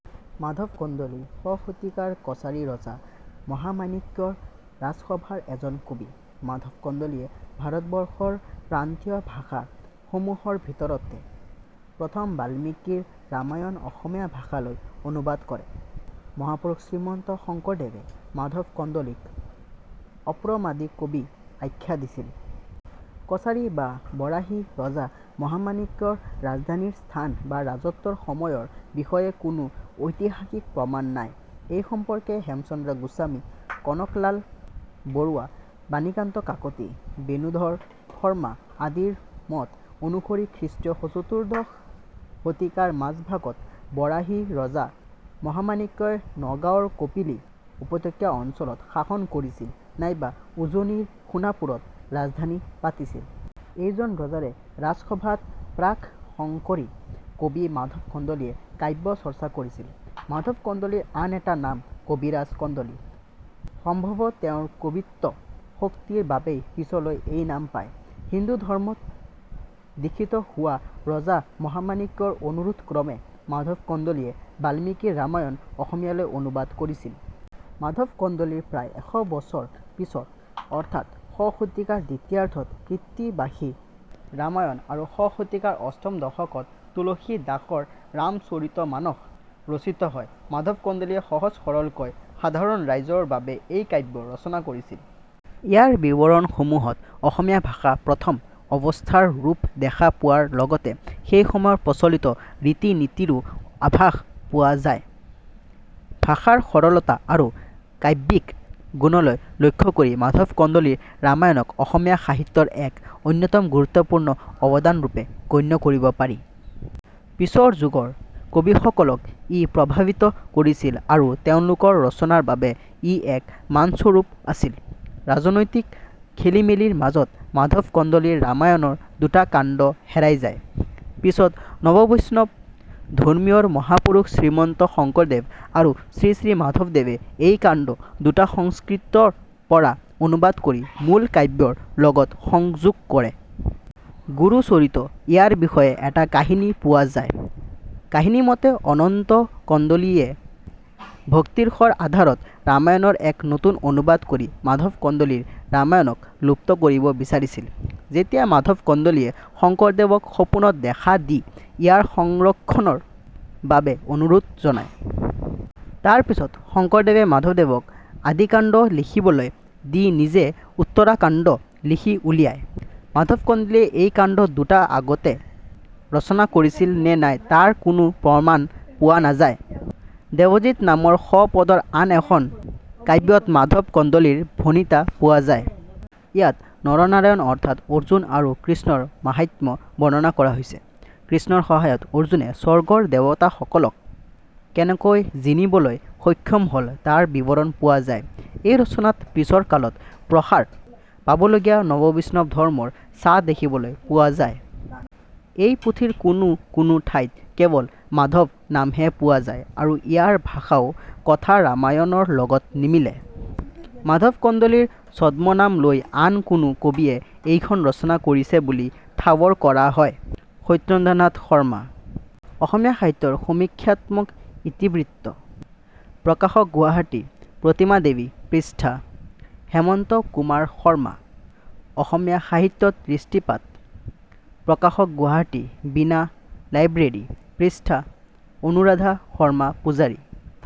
মাধৱ কন্দলি শ শতিকাৰ কছাৰী ৰজা মহামাণিক্যৰ ৰাজসভাৰ এজন কবি। মাধৱ কন্দলিয়ে ভাৰতবৰ্ষৰ প্ৰান্তীয় ভাষা সমুহৰ ভিতৰতে প্ৰথম বাল্মীকি ৰ ৰামায়ণ অসমীয়া ভাষালৈ অনুবাদ কৰে। মহাপুৰুষ শ্ৰীমন্ত শঙ্কৰদেৱে মাধৱ কন্দলিক "অপ্ৰমাদী কবি" আখ্যা দিছিল। কছাৰী বা বৰাহী ৰজা মহামাণিক্যৰ ৰাজধানীৰ স্থান বা ৰাজত্বৰ সময়ৰ বিষয়ে কোনো ঐতিহাসিক প্ৰমাণ নাই। এই সম্পৰ্কে হেমচন্দ্ৰ গোস্বামী, কনকলাল বৰুৱা, বাণীকান্ত কাকতি, বেণুধৰ শৰ্মা আদিৰ মত অনুসৰি খৃষ্টীয় চতুৰ্দশ শতিকাৰ মাজভাগত বৰাহী ৰজা মহামাণিক্যই নগাঁৱ ৰ কপিলী উপত্যকা অঞ্চলত শাসন কৰিছিল নাইবা উজনিৰ সোণাপুৰত ৰাজধানী পাতিছিল। এইজন ৰজাৰে ৰাজসভাত প্ৰাক্-শঙ্কৰী কবি মাধৱ কন্দলিয়ে কাব্য চৰ্চা কৰিছিল। মাধৱ কন্দলিৰ আন এটা নাম "কবিৰাজ কন্দলি", সম্ভৱ তেওঁৰ কবিত্ব শক্তিৰ বাবেই পিছলৈ এই নাম পায়। হিন্দু ধৰ্ম ত দিক্ষিত হোৱা ৰজা মহামাণিক্যৰ অনুৰোধক্ৰমে মাধৱ কন্দলিয়ে বাল্মীকিৰ ৰামায়ণ অসমীয়ালৈ অনুবাদ কৰিছিল। মাধৱ কন্দলিৰ প্ৰায় এশ বছৰ পিছত অৰ্থাৎ শ শতিকাৰ দ্বিতীয়াৰ্ধত ' কৃত্তিবাসী ৰামায়ণ ' আৰু শ শতিকাৰ অষ্টম দশকত তুলসীদাস ৰ ' ৰাম-চৰিত মানস ' ৰচিত হয়। মাধৱ কন্দলিয়ে সহজ-সৰলকৈ সাধাৰণ ৰাইজৰ বাবে এই কাব্য ৰচনা কৰিছিল। ইয়াৰ বিৱৰণসমূহত অসমীয়া ভাষা প্ৰথম অৱস্থাৰ ৰূপ দেখা পোৱাৰ লগতে সেইসময়ৰ প্ৰচলিত ৰীতি-নীতিৰো আভাস পোৱা যায়। ভাষাৰ সৰলতা আৰু কাব্যিক গুণলৈ লক্ষ্য কৰি মাধৱ কন্দলিৰ ৰামায়ণক অসমীয়া সাহিত্য ৰ এক অন্যতম গুৰুত্বপূৰ্ণ অৱদানৰূপে গণ্য কৰিব পাৰি। পিছৰ যুগৰ কবিসকলক ই প্ৰভাৱিত কৰিছিল আৰু তেওঁলোকৰ ৰচনাৰ বাবে ই এক মানস্বৰূপ আছিল। ৰাজনৈতিক খেলিমেলিৰ মাজত মাধৱ কন্দলিৰ ৰামায়ণৰ দুটা কাণ্ড হেৰাই যায়। পিছত নৱবৈষ্ণৱ ধৰ্মীয় ৰ মহাপুৰুষ শ্ৰীমন্ত শঙ্কৰদেৱ আৰু শ্ৰীশ্ৰী মাধৱদেৱে এই কাণ্ড দুটা সংস্কৃত ৰ পৰা অনুবাদ কৰি মূল কাব্যৰ লগত সংযোগ কৰে। " গুৰু-চৰিত " ইয়াৰ বিষয়ে এটা কাহিনী পোৱা যায়। কাহিনীমতে অনন্ত কন্দলি য়ে ভক্তিৰসৰ আধাৰত ৰামায়ণৰ এক নতুন অনুবাদ কৰি মাধৱ কন্দলিৰ ৰামায়ণক লুপ্ত কৰিব বিচাৰিছিল। তেতিয়া মাধৱ কন্দলিয়ে শঙ্কৰদেৱক সপোনত দেখা দি ইয়াৰ সংৰক্ষণৰ বাবে অনুৰোধ জনায়। তাৰ পিছত শঙ্কৰদেৱে মাধৱদেৱক আদিকাণ্ড লিখিবলৈ দি নিজে উত্তৰাকাণ্ড লিখি উলিয়ায়। মাধৱ কন্দলিয়ে এই কাণ্ড দুটা আগতে ৰচনা কৰিছিল নে নাই তাৰ কোনো প্ৰমাণ পোৱা নাযায়। "দেৱজিৎ" নামৰ শ পদৰ আন এখন কাব্যত মাধৱ কন্দলিৰ ভণিতা পোৱা যায়। ইয়াত নৰনাৰায়ণ অৰ্থাৎ অৰ্জুন আৰু কৃষ্ণ ৰ মাহাত্ম্য বৰ্ণনা কৰা হৈছে। কৃষ্ণৰ সহায়ত অৰ্জুনে স্বৰ্গৰ দেৱতাসকলক কেনেকৈ জিনিবলৈ সক্ষম হ'ল তাৰ বিৱৰণ পোৱা যায়। এই ৰচনাত পিছৰ কালত প্ৰসাৰ পাবলগীয়া নৱবৈষ্ণৱ ধৰ্মৰ ছাঁ দেখিবলৈ পোৱা যায়। এই পুথিৰ কোনো কোনো ঠাইত কেৱল 'মাধৱ' নামহে পোৱা যায় আৰু ইয়াৰ ভাষাও 'কথা-ৰামায়ণ'ৰ লগত নিমিলে। মাধৱ কন্দলিৰ ছদ্মনাম লৈ আন কোনো কবিয়ে এইখন ৰচনা কৰিছে বুলি ঠাৱৰ কৰা হয়। ↑ সত্যেন্দ্ৰনাথ শৰ্মা. অসমীয়া সাহিত্যৰ সমীক্ষাত্মক ইতিবৃত্ত. প্ৰকাশক গুৱাহাটী: প্ৰতিমা দেৱী. পৃষ্ঠা. -.↑ হেমন্ত কুমাৰ শৰ্মা. অসমীয়া সাহিত্যত দৃষ্টিপাত. প্ৰকাশক গুৱাহাটী: বীণা লাইব্ৰেৰী. পৃষ্ঠা.. অনুৰাধা শৰ্মা পূজাৰী।